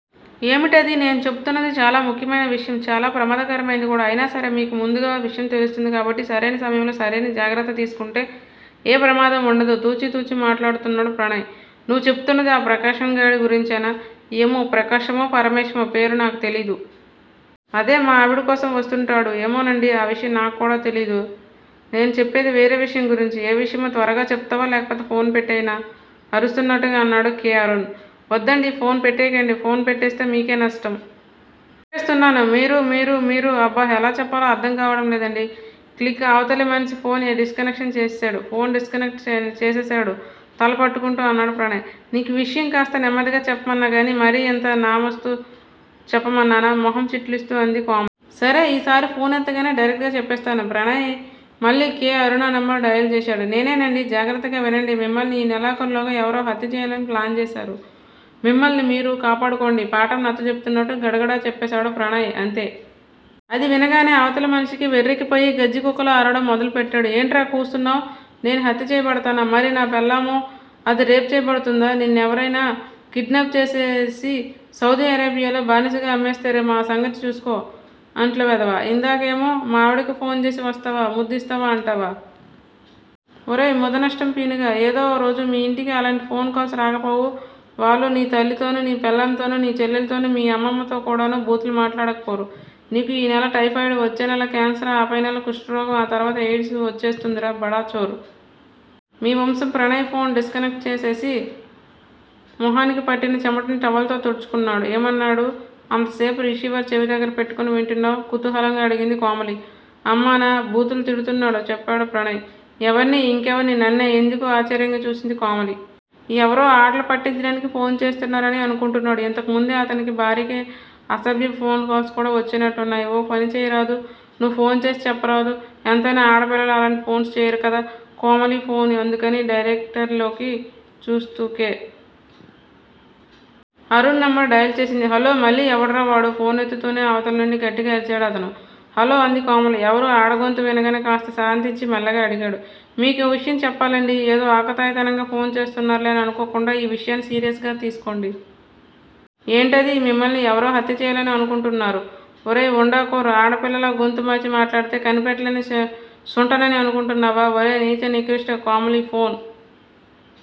ఏమిటది? నేను చెప్తున్నది చాలా ముఖ్యమైన విషయం! చాలా ప్రమాదకరమైంది కూడా. అయినాసరే మీకు ముందుగా విషయం తెలుస్తుంది కాబట్టి సరైన సమయంలో సరైన జాగ్రత్త తీసుకుంటే ఏ ప్రమాదమూ వుండదు తూచి తూచి మాట్లాడుతున్నాడు ప్రణయ్. నువ్వు చెప్తున్నది ఆ ప్రకాశంగాడి గురించేనా? ఏమో ప్రకాశమో, పరమేశమో పేరు నాకు తెలీదు. అదే! మా ఆవిడకోసం వస్తుంటాడూ? ఏమోనండీ! ఆ విషయం కూడా నాకు తెలీదు. నేను చెప్పేది వేరే విషయం గురించి. ఏ విషయమో త్వరగా చెప్తావా, లేకపోతే ఫోన్ పెట్టెయ్యనా? అరుస్తున్నట్టుగా అన్నాడు కె. అరుణ్. వద్దండి! ఫోన్ పెట్టెయ్యకండి. ఫోన్ పెట్టేస్తే మీకే నష్టం. చెప్పేస్తున్నాను మీరు మీరు మీరు అబ్బ ఎలా చెప్పాలో అర్ధం కావడంలేదండీ. క్లిక్ అవతలి మనిషి ఫోన్ డిస్కనెక్ట్ చేసేశాడు ఫోన్ డిస్కనెక్ట్ చేసేశాడు తల పట్టుకుంటూ అన్నాడు ప్రణయ్. నీకు విషయం కాస్త నెమ్మదిగా చెప్పమన్నాగానీ మరీ అంత నానుస్తూ చెప్పమన్నానా? మొహం చిట్లిస్తూ అంది కోమలి. సరే! ఈసారి ఫోన్ ఎత్తగానే డైరెక్ట్ గా చెప్పేస్తాను. ప్రణయ్ మళ్ళీ కె. అరుణ నెంబరు డయల్ చేశాడు. నేనేనండీ! జాగ్రత్తగా వినండి. మిమ్మల్ని ఈ నెలాఖరులోగా ఎవరో హత్యచేయాలని ప్లాన్ చేశారు. మిమ్మల్ని మీరు కాపాడుకోండి! పాఠం నచ్చజెప్తున్నట్టు గడగడా చెప్పేశాడు ప్రణయ్. అంతే! అది వినగానే అవతల మనిషికి వెర్రెక్కిపోయి గజ్జికుక్కలా అరవడం మొదలుపెట్టాడు. ఏంట్రా కూస్తున్నావ్? నేను హత్యచెయ్యబడతానా? మరి నా పెళ్ళామో! అది రేప్ చెయ్యబడ్తుందా? నిన్నెవరైనా కిడ్నాప్ చేసేసి సౌదీ అరేబియాలో బానిసగా అమ్మేస్తారేమో ఆ సంగతి చూస్కో. అంట్ల వెధవా! ఇందాకేమో మా ఆవిడకి ఫోన్ చేసి వస్తావా ముద్దిస్తావా అంటావా? ఒరేయ్ ముదనష్టం పీనుగా! ఏదో రోజు మీ ఇంటికీ అలాంటి ఫోన్ కాల్స్ రాకపోవు. వాళ్ళు నీ తల్లితోనూ, నీ పెళ్ళాంతోనూ, నీ చెల్లెలితోనూ, మీ అమ్మమ్మతో కూడానూ బూతులు మాట్లాడకపోరు. నీకు ఈ నెల టైఫాయిడ్, వచ్చేనెల కాన్సర్, ఆపై నెల కుష్టురోగం ఆ తర్వాత ఎయిడ్స్ వచ్చేస్తుందిరా బడా చోర్. మీ వంశం ప్రణయ్ ఫోన్ డిస్కనెక్ట్ చేసేసి మొహానికి పట్టిన చెమటని టవల్ తో తుడుచుకున్నాడు. ఏమన్నాడు అంతసేపు రిసీవర్ చెవిదగ్గర పెట్టుకుని వింటున్నావ్? కుతూహలంగా అడిగింది కోమలి. అమ్మనా బూతులు తిడ్తున్నాడు చెప్పాడు ప్రణయ్. ఎవర్ని? ఇంకెవర్ని నన్నే. ఎందుకూ? ఆశ్చర్యంగా చూసింది కోమలి. ఎవరో ఆటలు పట్టించడానికి ఫోన్ చేస్తున్నారు అని అనుకుంటున్నాడు. ఇంతకుముందే అతని భార్యకి అసభ్యపు ఫోన్ కాల్స్ కూడా వచ్చినట్టున్నాయి. ఓ పని చెయ్యరాదూ? నువ్వు ఫోన్ చేసి చెప్పరాదూ? ఎంతైనా ఆడపిల్లలు అలాంటి ఫోన్స్ చెయ్యరుకదా? కోమలి ఫోన్ అందుకుని డైరెక్టరీలోకి చూస్తూ కె. అరుణ్ నెంబర్ డయల్ చేసింది. హలో! మళ్ళీ ఎవడ్రావాడూ? ఫోన్ ఎత్తుతూనే అవతలినుండి గట్టిగా అరిచాడు అతను. హలో! అంది కోమలి. ఎవరూ? ఆడగొంతు వినగానే కాస్త శాంతించి మెల్లగా అడిగాడు. మీకో విషయం చెప్పాలండీ! ఏదో ఆకతాయితనంగా ఫోన్ చేస్తున్నారులే అని అనుకోకుండా ఈ విషయాన్ని సీరియస్ గా తీస్కోండి. ఏంటది? మిమ్మల్ని ఎవరో హత్యచెయ్యాలని అనుకుంటున్నారు. ఒరేయ్ వుండాకోర్! ఆడపిల్లలా గొంతు మార్చి మాట్లాడితే కనిపెట్టలేని శుంఠనని అనుకుంటున్నావా? ఒరే నీచ నికృష్ట కోమలి ఫోన్